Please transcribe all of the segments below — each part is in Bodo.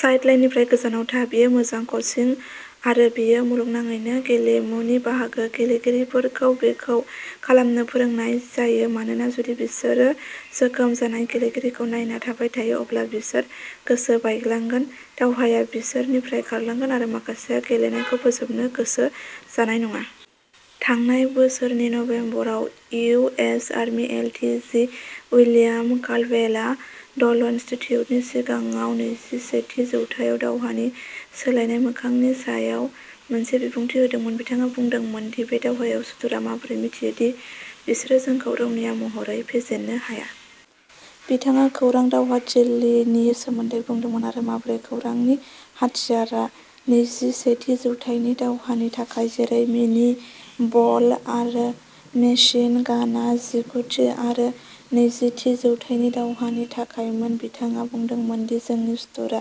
साइडलाइननिफ्राय गोजानाव था। बेयो मोजां कोचिं आरो बेयो मुलुगनाङैनो गेलेमुनि बाहागो। गेलेगिरिफोरखौ बेखौ खालामनो फोरोंनाय जायो मानोना जुदि बिसोरो जोखोम जानाय गेलेगिरिखौ नायना थाबाय थायो, अब्ला बिसोर गोसो बायग्लांगोन। दावहाया बिसोरनिफ्राय खारलांगोन आरो माखासेया गेलेनायखौ फोजोबनो गोसो जानाय नङा। थांनाय बोसोरनि नबेम्बराव U S army L T G William काल्डवेलआ ड'ल इनस्टिट्युटनि सिगाङाव नैजिसेथि जौथायाव दावहानि सोलायनाय मोखांनि सायाव मोनसे बिबुंथि होदोंमोन। बिथाङा बुंदोंमोन दि बे दावहायाव सुथुरआ माबोरै मिथियो दि बिसोरो जोंखौ रौनिया महरै फेजेननो हाया। बिथाङा "खौरां दावहाथिलि" नि सोमोन्दै बुंदोंमोन आरो माबोरै "खौरांनि हाथियार" आ नैजिसेथि जौथाइनि दावहानि थाखाय, जेरै मिनि बल आरो मेसिन गानआ जिगुथि आरो नैजिथि जौथाइनि दावहानि थाखायमोन। बिथाङा बुंदोंमोन दि जोंनि सुथुरआ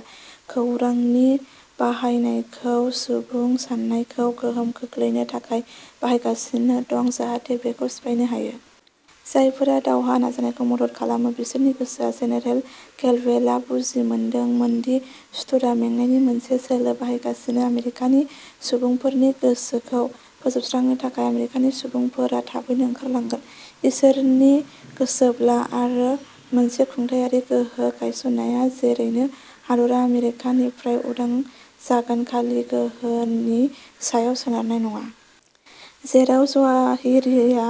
खौरांनि बाहायनायखौ सुबुं सान्नायखौ गोहोम खोख्लैनो थाखाय बाहायगासिनो दं, जाहाथे बेखौ सिफायनो हायो। जायफोरा दावहा नाजानायखौ मदद खालामो बिसोरनि गोसोआ। जेनेरेल केल्डवेलआ बुजिमोदोंमोन दि सुथुरआ "मेंनायनि मोनसे सोलो बाहायगासिनो", आमेरिकानि सुबुंफोरनि गोसोखौ फोजोबस्रांनो थाखाय। "आमेरिकानि सुबुंफोरा थाबैनो ओंखारलांगोन, इसोरनि गोसोब्ला, आरो मोनसे खुंथायारि गोहो गायसननाया जेरैनो हादरा आमेरिकानिफोरनिफ्राय उदां जागोन-खालि गोहोनि सायाव सोनारनाय नङा। जेराव जवाहिरीया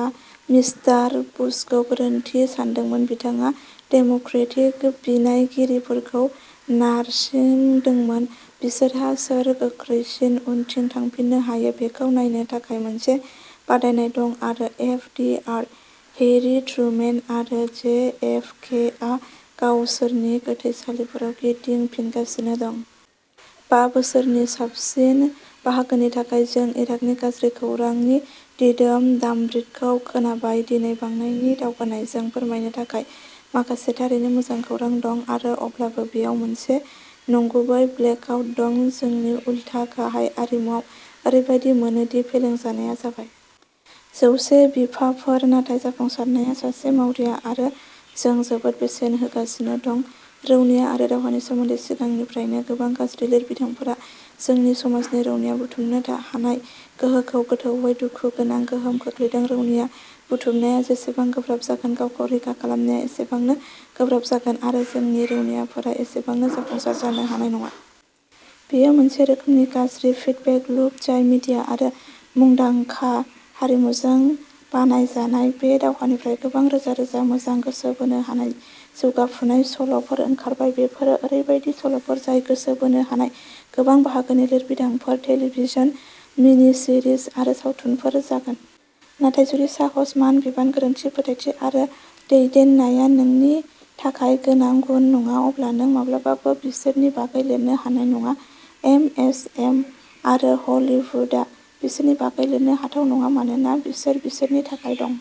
मिस्टार बुशखौ गोरोन्थि सानदोंमोन, बिथाङा डेम'क्रेटिक बिनायगिरिफोरखौ नारसिंदोंमोन। बिसोरहा सोर गोख्रैसिन उनथिं थांफिननो हायो बेखौ नायनो थाखाय मोनसे बादायनाय दं आरो F D R, Harry Truman, आरो जे एफ के आ गावसोरनि गोथैसालिफोराव गिदिंफिनगासिनो दं। बा बोसोरनि साबसिन बाहागोनि थाखाय, जों इराकनि गाज्रि खौरांनि दिदोम दामब्रिदखौ खोनाबाय। दिनै, बांनायनि दावगानायजों, फोरमायनो थाखाय माखासे थारैनो मोजां खौरां दं आरो अब्लाबो बेयाव मोनसे नंगुबै ब्लेकआउट दं। जोंनि उलथा गाहाय हारिमुआव, ओरैबायदि मोनो दि फेलें जानाया जाबाय। जौसे बिफाफोर नाथाय जाफुंसारनाया सासे मावरिया आरो जों जोबोद बेसेन होगासिनो दं। रौनिया आरो दावहानि सोमोन्दै सिगांनिफ्रायनो गोबां गाज्रि लिरबिदांफोरा जोंनि समाजनि रौनिया बुथुमनो हानाय गोहोखौ गोथौवै दुखु गोनां गोहोम खोख्लैदों। रौनिया बुथुमनाया जेसेबां गोब्राब जागोन, गावखौ रैखा खालामनाया एसेबांनो गोब्राब जागोन आरो जोंनि रौनियाफोरा एसेबांनो जाफुंसार जानो हानाय नङा। बेयो मोनसे रोखोमनि गाज्रि फिडबेक लुप जाय मिडिया आरो मुंदांखा हारिमुजों बानायजानाय। बे दावहानिफ्राय गोबां रोजा-रोजा मोजां, गोसो बोनो हानाय, जौगाफुनाय सल'फोर ओंखारबाय। बेफोरो ओरैबायदि सल'फोर जाय गोसो बोनो हानाय गोबां बाहागोनि लिरबिदांफोर, टेलिभिजन मिनिसिरिज आरो सावथुनफोर जागोन। नाथाय जुदि साहस, मान, बिबान, गोरोनथि, फोथायथि आरो दैदेननाया नोंनि थाखाय गोनां गुन नङा, अब्ला नों माब्लाबाबो बिसोरनि बागै लिरनो हानाय नङा। एमएसएम आरो हलीवुडआ बिसोरनि बागै लिरनो हाथाव नङा मानोना बिसोर बिसोरनि थाखाय दं।